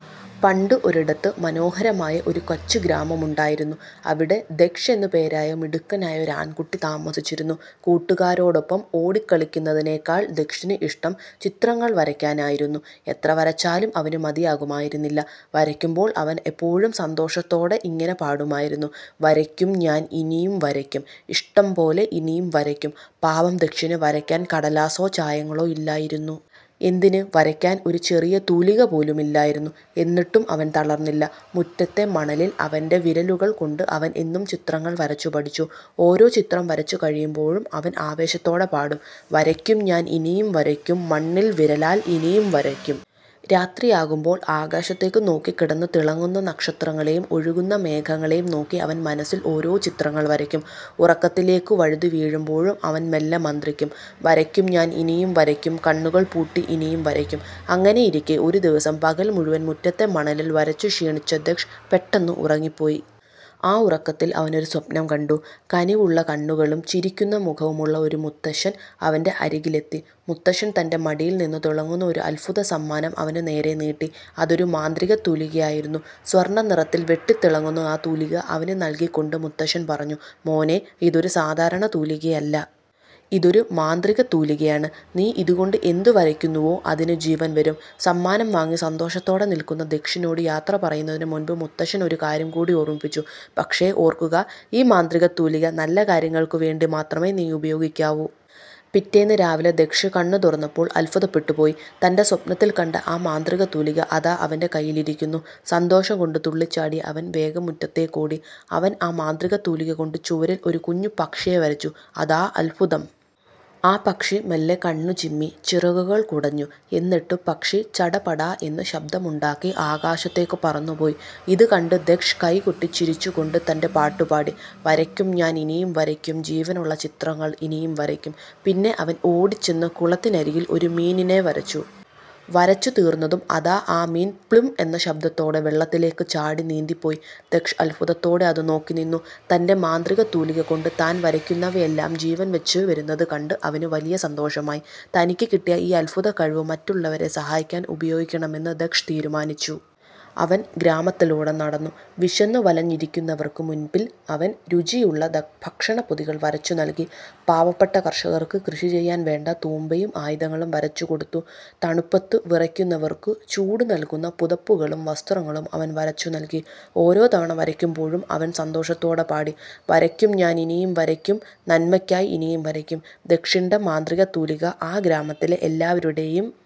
പണ്ട് പണ്ടൊരിടത്ത്, മനോഹരമായ ഒരു കൊച്ചു ഗ്രാമമുണ്ടായിരുന്നു. അവിടെ ദക്ഷ് എന്ന് പേരായ മിടുക്കനായ ഒരു ആൺകുട്ടി താമസിച്ചിരുന്നു. കൂട്ടുകാരോടൊപ്പം ഓടിക്കളിക്കുന്നതിനേക്കാൾ ദക്ഷിന് ഇഷ്ടം ചിത്രങ്ങൾ വരയ്ക്കാനായിരുന്നു. എത്ര വരച്ചാലും അവന് മതിയാകുമായിരുന്നില്ല. വരയ്ക്കുമ്പോൾ അവൻ എപ്പോഴും സന്തോഷത്തോടെ ഇങ്ങനെ പാടുമായിരുന്നു: "വരയ്ക്കും ഞാൻ ഇനിയും വരയ്ക്കും, ഇഷ്ടം പോലെ ഇനിയും വരയ്ക്കും" പാവം ദക്ഷിന് വരയ്ക്കാൻ കടലാസോ ചായങ്ങളോ ഇല്ലായിരുന്നു. എന്തിന്, വരക്കാൻ ഒരു ചെറിയ തൂലിക പോലുമില്ലായിരുന്നു! എന്നിട്ടും അവൻ തളർന്നില്ല. മുറ്റത്തെ മണലിൽ അവന്റെ വിരലുകൾ കൊണ്ട് അവൻ എന്നും ചിത്രങ്ങൾ വരച്ചു പഠിച്ചു. ഓരോ ചിത്രം വരച്ചു കഴിയുമ്പോഴും അവൻ ആവേശത്തോടെ പാടും: "വരയ്ക്കും ഞാൻ ഇനിയും വരയ്ക്കും, മണ്ണിൽ വിരലാൽ ഇനിയും വരയ്ക്കും! " രാത്രിയാകുമ്പോൾ ആകാശത്തേക്ക് നോക്കിക്കിടന്ന് തിളങ്ങുന്ന നക്ഷത്രങ്ങളെയും ഒഴുകുന്ന മേഘങ്ങളെയും നോക്കി അവൻ മനസ്സിൽ ഓരോ ചിത്രങ്ങൾ വരയ്ക്കും. ഉറക്കത്തിലേക്ക് വഴുതി വീഴുമ്പോഴും അവൻ മെല്ലെ മന്ത്രിക്കും: "വരയ്ക്കും ഞാൻ ഇനിയും വരയ്ക്കും, കണ്ണുകൾ പൂട്ടി ഇനിയും വരയ്ക്കും! " അങ്ങനെയിരിക്കെ ഒരു ദിവസം, പകൽ മുഴുവൻ മുറ്റത്തെ മണലിൽ വരച്ചു ക്ഷീണിച്ച ദക്ഷ് പെട്ടെന്ന് ഉറങ്ങിപ്പോയി. ആ ഉറക്കത്തിൽ അവനൊരു സ്വപ്നം കണ്ടു. കനിവുള്ള കണ്ണുകളും ചിരിക്കുന്ന മുഖവുമുള്ള ഒരു മുത്തശ്ശൻ അവന്റെ അരികിലെത്തി. മുത്തശ്ശൻ തന്റെ മടിയിൽ നിന്ന് തിളങ്ങുന്ന ഒരു അത്ഭുത സമ്മാനം അവനു നേരെ നീട്ടി. അതൊരു മാന്ത്രികത്തൂലിക ആയിരുന്നു. സ്വർണനിറത്തിൽ വെട്ടിത്തിളങ്ങുന്ന ആ തൂലിക അവന് നൽകിക്കൊണ്ട് മുത്തശ്ശൻ പറഞ്ഞു: "മോനേ, ഇതൊരു സാധാരണ തൂലികയല്ല. ഇതൊരു മാന്ത്രികത്തൂലികയാണ്. നീ ഇതുകൊണ്ട് എന്ത് വരയ്ക്കുന്നുവോ, അതിന് ജീവൻ വരും! " സമ്മാനം വാങ്ങി സന്തോഷത്തോടെ നിൽക്കുന്ന ദക്ഷിനോട് യാത്ര പറയുന്നതിന് മുൻപ് മുത്തശ്ശൻ ഒരു കാര്യം കൂടി ഓർമ്മിപ്പിച്ചു: "പക്ഷേ ഓർക്കുക, ഈ മാന്ത്രികത്തൂലിക നല്ല കാര്യങ്ങൾക്ക് വേണ്ടി മാത്രമേ നീ ഉപയോഗിക്കാവൂ! " പിറ്റേന്ന് രാവിലെ ദക്ഷ് കണ്ണ് തുറന്നപ്പോൾ അത്ഭുതപ്പെട്ടു പോയി! തന്റെ സ്വപ്നത്തിൽ കണ്ട ആ മാന്ത്രികത്തൂലിക അതാ അവന്റെ കയ്യിൽ ഇരിക്കുന്നു! സന്തോഷം കൊണ്ട് തുള്ളിച്ചാടിയ അവൻ വേഗം മുറ്റത്തേക്കോടി. അവൻ ആ മാന്ത്രികത്തൂലിക കൊണ്ട് ചുവരിൽ ഒരു കുഞ്ഞു പക്ഷിയെ വരച്ചു. അതാ അത്ഭുതം! ആ പക്ഷി മെല്ലെ കണ്ണ് ചിമ്മി, ചിറകുകൾ കുടഞ്ഞു. എന്നിട്ട് പക്ഷി 'ചടപടാ' എന്ന് ശബ്ദമുണ്ടാക്കി ആകാശത്തേക്ക് പറന്നുപോയി! ഇതുകണ്ട് ദക്ഷ് കൈകൊട്ടി ചിരിച്ചു കൊണ്ട് തന്റെ പാട്ട് പാടി: "വരയ്ക്കും ഞാൻ ഇനിയും വരയ്ക്കും ജീവനുള്ള ചിത്രങ്ങൾ ഇനിയും വരയ്ക്കും! " പിന്നെ അവൻ ഓടിച്ചെന്ന് കുളത്തിനരികിൽ ഒരു മീനിനെ വരച്ചു. വരച്ചു തീർന്നതും അതാ ആ മീൻ 'പ്ളും' എന്ന് ശബ്ദത്തോടെ വെള്ളത്തിലേക്ക് ചാടി നീന്തി പോയി. ദക്ഷ് അത്ഭുതത്തോടെ അത് നോക്കി നിന്നു. തന്റെ മാന്ത്രികത്തൂലിക കൊണ്ട് താൻ വരയ്ക്കുന്നവയെല്ലാം ജീവൻ വച്ച് വരുന്നത് കണ്ട് അവന് വലിയ സന്തോഷമായി. തനിക്ക് കിട്ടിയ ഈ അത്ഭുത കഴിവ് മറ്റുള്ളവരെ സഹായിക്കാൻ ഉപയോഗിക്കണമെന്ന് ദക്ഷ് തീരുമാനിച്ചു. അവൻ ഗ്രാമത്തിലൂടെ നടന്നു. വിശന്നു വലഞ്ഞിരിക്കുന്നവർക്ക് മുന്നിൽ അവൻ രുചിയുള്ള ഭക്ഷണപ്പൊതികൾ വരച്ചു നൽകി. പാവപ്പെട്ട കർഷകർക്ക് കൃഷി ചെയ്യാൻ വേണ്ട തൂമ്പയും ആയുധങ്ങളും വരച്ചു കൊടുത്തു. തണുപ്പത്ത് വിറയ്ക്കുന്നവർക്ക് ചൂടു നൽകുന്ന പുതപ്പുകളും വസ്ത്രങ്ങളും അവൻ വരച്ചു നൽകി. ഓരോ തവണ വരയ്ക്കുമ്പോഴും അവൻ സന്തോഷത്തോടെ പാടി: "വരയ്ക്കും ഞാൻ ഇനിയും വരയ്ക്കും, നന്മയ്ക്കായി ഇനിയും വരയ്ക്കും! " ദക്ഷിന്റെ മാന്ത്രികത്തൂലിക ആ ഗ്രാമത്തിലെ എല്ലാവരുടെയും